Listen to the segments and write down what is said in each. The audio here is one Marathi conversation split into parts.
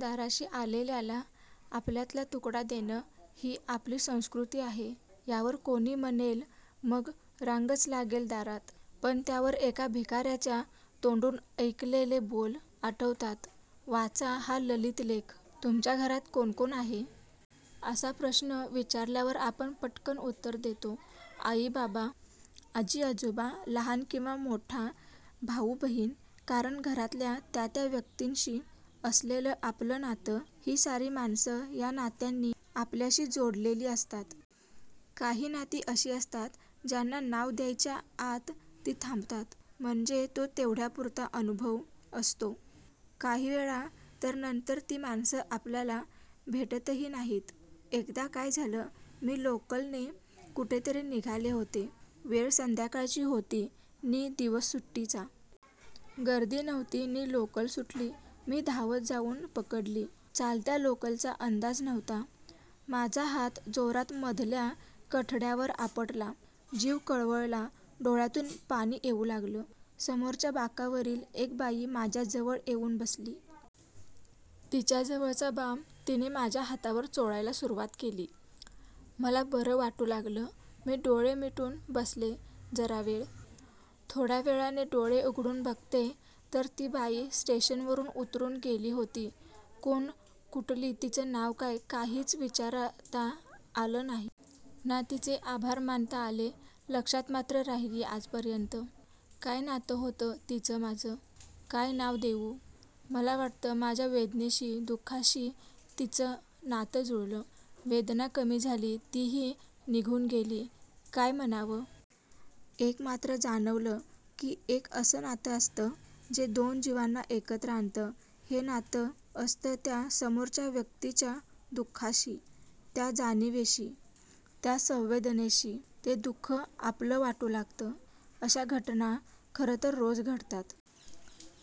दाराशी आलेल्याला आपल्यातला तुकडा देणं ही आपली संस्कृती आहे. यावर कोणी म्हणेल, 'मग रांगच लागेल दारात! ' पण त्यावर एका भिकार्याच्या तोंडून ऐकलेले बोल आठवतात... वाचा, हा ललित लेख- "तुमच्या घरात कोण कोण आहे? " असा प्रश्न विचारल्यावर आपण पटकन उत्तर देतो –" आई, बाबा, आजी, आजोबा, लहान किंवा मोठा भाऊ-बहीण! " कारण घरातल्या त्या त्या व्यक्तींशी असलेलं आपलं नातं. ही सारी माणसं या नात्यांनी आपल्याशी जोडलेली असतात. काही नाती अशी असतात, ज्यांना नाव द्यायच्या आत ती थांबतात. म्हणजे तो तेवढ्यापुरता अनुभव असतो. काही वेळा तर नंतर ती माणसं आपल्याला भेटतही नाहीत. एकदा काय झालं, मी लोकलने कुठेतरी निघाले होते. वेळ संध्याकाळची होती नि दिवस सुट्टीचा. गर्दी नव्हती नि लोकल सुटली. मी धावत जाऊन पकडली. चालत्या लोकलचा अंदाज नव्हता. माझा हात जोरात मधल्या कठड्यावर आपटला. जीव कळवळला. डोळ्यांतून पाणी येऊ लागलं. समोरच्या बाकावरील एक बाई माझ्या जवळ येऊन बसली. तिच्याजवळचा बाम तिनं माझ्या हातावर चोळायला सुरुवात केली. मला बरं वाटू लागलं. मी डोळे मिटून बसले जरा वेळ. थोड्या वेळाने डोळे उघडून बघते तर ती बाई स्टेशनवर उतरून गेली होती. कोण, कुठली, तिचं नाव काय, काहीच विचारता आलं नाही. ना तिचे आभार मानता आले. लक्षात मात्र राहिली आजपर्यंत. काय नातं होतं तिचं माझं? काय नाव देऊ? मला वाटतं माझ्या वेदनेशी, दु:खाशी तिचं नातं जुळलं. वेदना कमी झाली, तीही निघून गेली. काय म्हणावं? एक मात्र जाणवलं की एक असं नातं असतं, जे दोन जिवांना एकत्र आणतं. हे नातं असतं त्या समोरच्या व्यक्तीच्या दु:खाशी... त्या जाणिवेशी, त्या संवेदनेशी. ते दु:ख आपलं वाटू लागतं. अशा घटना खरंतर रोज घडतात.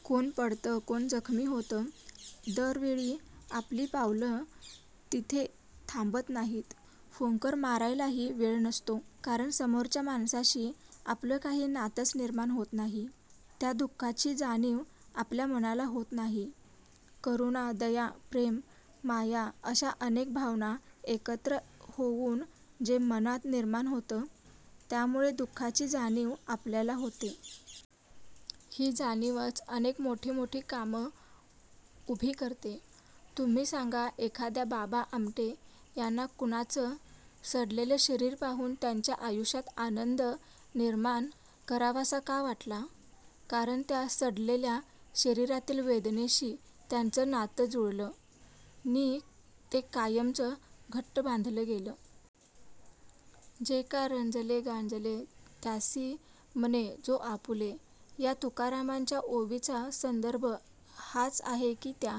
कोण पडतं, कोण जखमी होतं, दर वेळी आपली पावलं तिथे थांबत नाहीत. फुंकर मारायलाही वेळ नसतो, कारण समोरच्या माणसाशी आपलं काही नातंच निर्माण होत नाही. त्या दु:खाची जाणीव आपल्या मनाला होत नाही. करुणा, दया, प्रेम, माया अशा अनेक भावना एकत्र होऊन जे मनात निर्माण होतं, त्यामुळे दु:खाची जाणीव आपल्याला होते. ही जाणीवच अनेक मोठी मोठी कामं उभी करते. तुम्ही सांगा, एखाद्या बाबा आमटे यांना कुणाचं सडलेलं शरीर पाहून त्याच्या आयुष्यात आनंद निर्माण करावासा का वाटला? कारण त्या सडलेल्या शरीरातील वेदनेशी त्यांचं नातं जुळलं नि ते कायमचं घट्ट बांधलं गेलं. 'जे का रंजले गांजले, त्यासी म्हणे जो आपुले' या तुकारामांच्या ओवीचा संदर्भ हाच आहे की, त्या